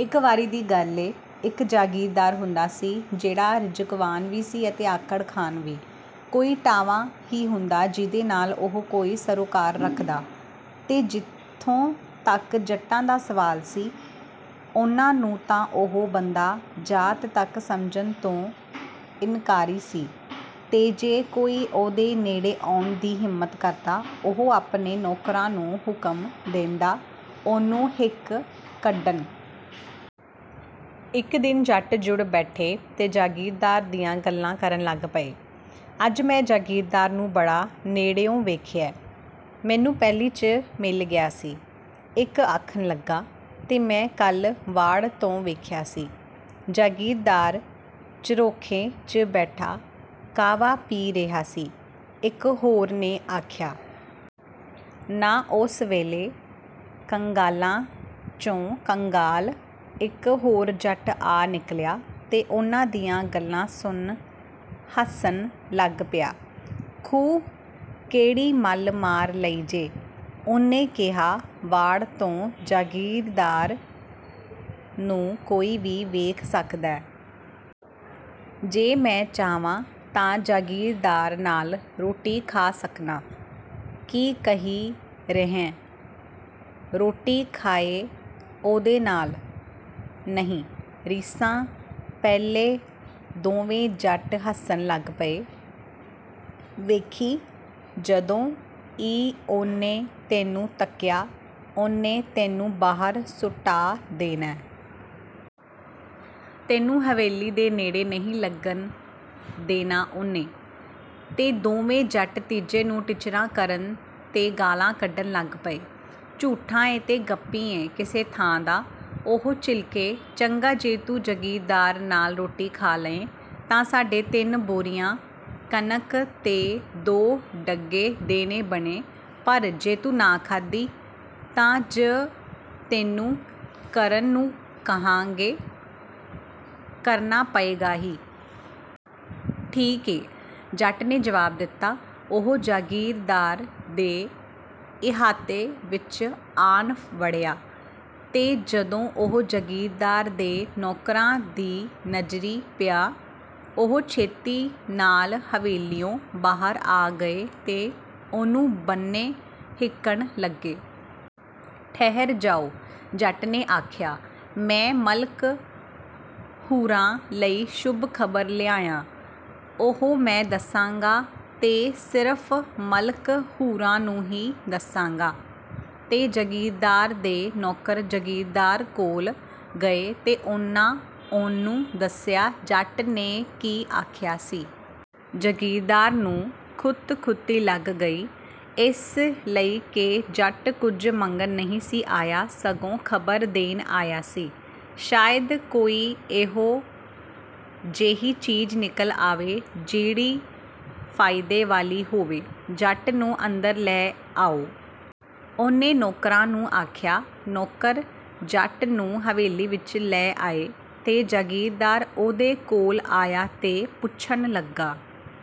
ਇੱਕ ਵਾਰੀ ਦੀ ਗੱਲ ਏ, ਇਕ ਜਾਗੀਰਦਾਰ ਹੁੰਦਾ ਸੀ, ਜਿਹੜਾ ਰਿਜ਼ਕਵਾਨ ਵੀ ਸੀ ਤੇ ਆਕੜਖਾਨ ਵੀ। ਕੋਈ ਟਾਵਾਂ ਹੀ ਹੁੰਦਾ, ਜਿਹਦੇ ਨਾਲ ਉਹ ਕੋਈ ਸਰੋਕਾਰ ਰੱਖਦਾ। ਤੇ ਜਿਥੋਂ ਤਕ ਜੱਟਾਂ ਦਾ ਸਵਾਲ ਸੀ, ਉਹਨਾਂ ਨੂੰ ਤਾਂ ਉਹ ਬੰਦਾ ਜ਼ਾਤ ਤਕ ਸਮਝਣ ਤੋਂ ਇਨਕਾਰੀ ਸੀ, ਤੇ ਜੇ ਕੋਈ ਉਹਦੇ ਨੇੜੇ ਆਉਣ ਦੀ ਹਿੰਮਤ ਕਰਦਾ, ਉਹ ਆਪਣੇ ਨੌਕਰਾਂ ਨੂੰ ਹੁਕਮ ਦੇਂਦਾ, ਉਹਨੂੰ ਹਿੱਕ ਕੱਢਣ। ਇੱਕ ਦਿਨ ਜੱਟ ਜੁੜ ਬੈਠੇ ਤੇ ਜਾਗੀਰਦਾਰ ਦੀਆਂ ਗੱਲਾਂ ਕਰਨ ਲੱਗ ਪਏ। “ਅੱਜ ਮੈਂ ਜਾਗੀਰਦਾਰ ਨੂੰ ਬੜਾ ਨੇੜਿਉਂ ਵੇਖਿਐ, ਮੈਨੂੰ ਪੈਲੀ ’ਚ ਮਿਲ ਪਿਆ ਸੀ,” ਇਕ ਆਖਣ ਲੱਗਾ। “ਤੇ ਮੈਂ ਕੱਲ੍ਹ ਵਾੜ ਤੋਂ ਵੇਖਿਆ ਸੀ, ਜਾਗੀਰਦਾਰ ਝਰੋਖੇ ’ਚ ਬੈਠਾ ਕਾਹਵਾ ਪੀ ਰਿਹਾ ਸੀ,” ਇੱਕ ਹੋਰ ਨੇ ਆਖਿਆ। ਨ ਓਸ ਵੇਲੇ, ਕੰਗਾਲਾਂ ’ਚੋਂ ਕੰਗਾਲ, ਇੱਕ ਹੋਰ ਜੱਟ ਆ ਨਿਕਲਿਆ, ਤੇ ਉਹਨਾਂ ਦੀਆਂ ਗੱਲਾਂ ਸੁਣ ਹੱਸਣ ਲੱਗ ਪਿਆ। “ਥੂਹ! ਕਿਹੜੀ ਮੱਲ ਮਾਰ ਲਈ ਜੇ,” ਉਹਨੇ ਕਿਹਾ। “ਵਾੜ ਤੋਂ ਜਾਗੀਰਦਾਰ ਨੂੰ ਕੋਈ ਵੀ ਵੇਖ ਸਕਦੈ। ਜੇ ਮੈਂ ਚਾਹਵਾਂ, ਤਾਂ ਜਾਗੀਰਦਾਰ ਨਾਲ ਰੋਟੀ ਖਾ ਸਕਨਾਂ।” “ਕੀ ਕਹਿ ਰਿਹੈਂ! ਰੋਟੀ ਖਾਏਂ ਉਹਦੇ ਨਾਲ? ਨਹੀਂ ਰੀਸਾਂ!” ਪਹਿਲੇ ਦੋਵੇਂ ਜੱਟ ਹੱਸਣ ਲੱਗ ਪਏ। “ਵੇਖੀਂ, ਜਦੋਂ ਈ ਉਹਨੇ ਤੈਨੂੰ ਤਕਿਆ, ਉਹਨੇ ਤੈਨੂੰ ਬਾਹਰ ਸੁਟਾ ਦੇਣੈ। ਤੈਨੂੰ ਹਵੇਲੀ ਦੇ ਨੇੜੇ ਨਹੀਂ ਲੱਗਣ ਦੇਣਾ ਉਹਨੇ!" ਤੇ ਦੋਵੇਂ ਜੱਟ ਤੀਜੇ ਨੂੰ ਟਿੱਚਰਾਂ ਕਰਨ ਤੇ ਗਾਲ੍ਹਾਂ ਕੱਢਣ ਲੱਗ ਪਏ। “ਝੂਠਾ ਏਂ ਤੇ ਗੱਪੀਂ ਏਂ ਕਿਸੇ ਥਾਂ ਦਾ!” ਉਹ ਚਿਲਕੇ।“ਚੰਗਾ, ਜੇ ਤੂੰ ਜਾਗੀਰਦਾਰ ਨਾਲ ਰੋਟੀ ਖਾ ਲਏਂ, ਤਾਂ ਸਾਡੇ ਤਿੰਨ ਬੋਰੀਆਂ ਕਣਕ ਤੇ ਦੋ ਢੱਗੇ ਦੇਣੇ ਬਣੇ, ਪਰ ਜੇ ਤੂੰ ਨਾ ਖਾਧੀ, ਤਾਂ ਜੁ ਤੈਨੂੰ ਕਰਨ ਨੂੰ ਕਹਾਂਗੇ, ਕਰਨਾ ਪਏਗਾ ਈ।” “ਠੀਕ ਏ,” ਜੱਟ ਨੇ ਜਵਾਬ ਦਿੱਤਾ। ਉਹ ਜਾਗੀਰਦਾਰ ਦੇ ਇਹਾਤੇ ਵਿਚ ਆਣ ਵੜਿਆ, ਤੇ ਜਦੋਂ ਉਹ ਜਾਗੀਰਦਾਰ ਦੇ ਨੌਕਰਾਂ ਦੀ ਨਜ਼ਰੀਂ ਪਿਆ, ਉਹ ਛੇਤੀ ਨਾਲ ਹਵੇਲੀਉਂ ਬਾਹਰ ਆ ਗਏ ਤੇ ਉਹਨੂੰ ਬੰਨੇ ਹਿੱਕਣ ਲੱਗੇ। “ਠਹਿਰ ਜਾਓ!” ਜੱਟ ਨੇ ਆਖਿਆ। “ਮੈਂ ਮਲਕ ਹੁਰਾਂ ਲਈ ਸ਼ੁਭ ਖ਼ਬਰ ਲਿਆਇਆਂ।” "ਉਹ ਮੈਂ ਦੱਸਾਂਗਾ ਤੇ ਸਿਰਫ਼ ਮਲਕ ਹੁਰਾਂ ਨੂੰ ਹੀ ਦੱਸਾਂਗਾ।” ਤੇ ਜਾਗੀਰਦਾਰ ਦੇ ਨੌਕਰ ਜਾਗੀਰਦਾਰ ਕੋਲ ਗਏ ਤੇ ਉਹਨਾਂ ਉਹਨੂੰ ਦੱਸਿਆ, ਜੱਟ ਨੇ ਕੀ ਆਖਿਆ ਸੀ। ਜਾਗੀਰਦਾਰ ਨੂੰ ਖੁਤਖੁਤੀ ਲੱਗ ਗਈ, ਇਸ ਲਈ ਕਿ ਜੱਟ ਕੁਝ ਮੰਗਣ ਨਹੀਂ ਸੀ ਆਇਆ, ਸਗੋਂ ਖ਼ਬਰ ਦੇਣ ਆਇਆ ਸੀ। ਸ਼ਾਇਦ ਕੋਈ ਇਹੋ ਜਿਹੀ ਚੀਜ਼ ਨਿਕਲ ਆਵੇ, ਜਿਹੜੀ ਫ਼ਾਇਦੇ ਵਾਲੀ ਹੋਵੇ, “ਜੱਟ ਨੂੰ ਅੰਦਰ ਲੈ ਆਓ!” ਉਹਨੇ ਨੌਕਰਾਂ ਨੂੰ ਆਖਿਆ। ਨੌਕਰ ਜੱਟ ਨੂੰ ਹਵੇਲੀ ਵਿੱਚ ਲੈ ਆਏ, ਤੇ ਜਾਗੀਰਦਾਰ ਉਹਦੇ ਕੋਲ ਆਇਆ ਤੇ ਪੁੱਛਣ ਲੱਗਾ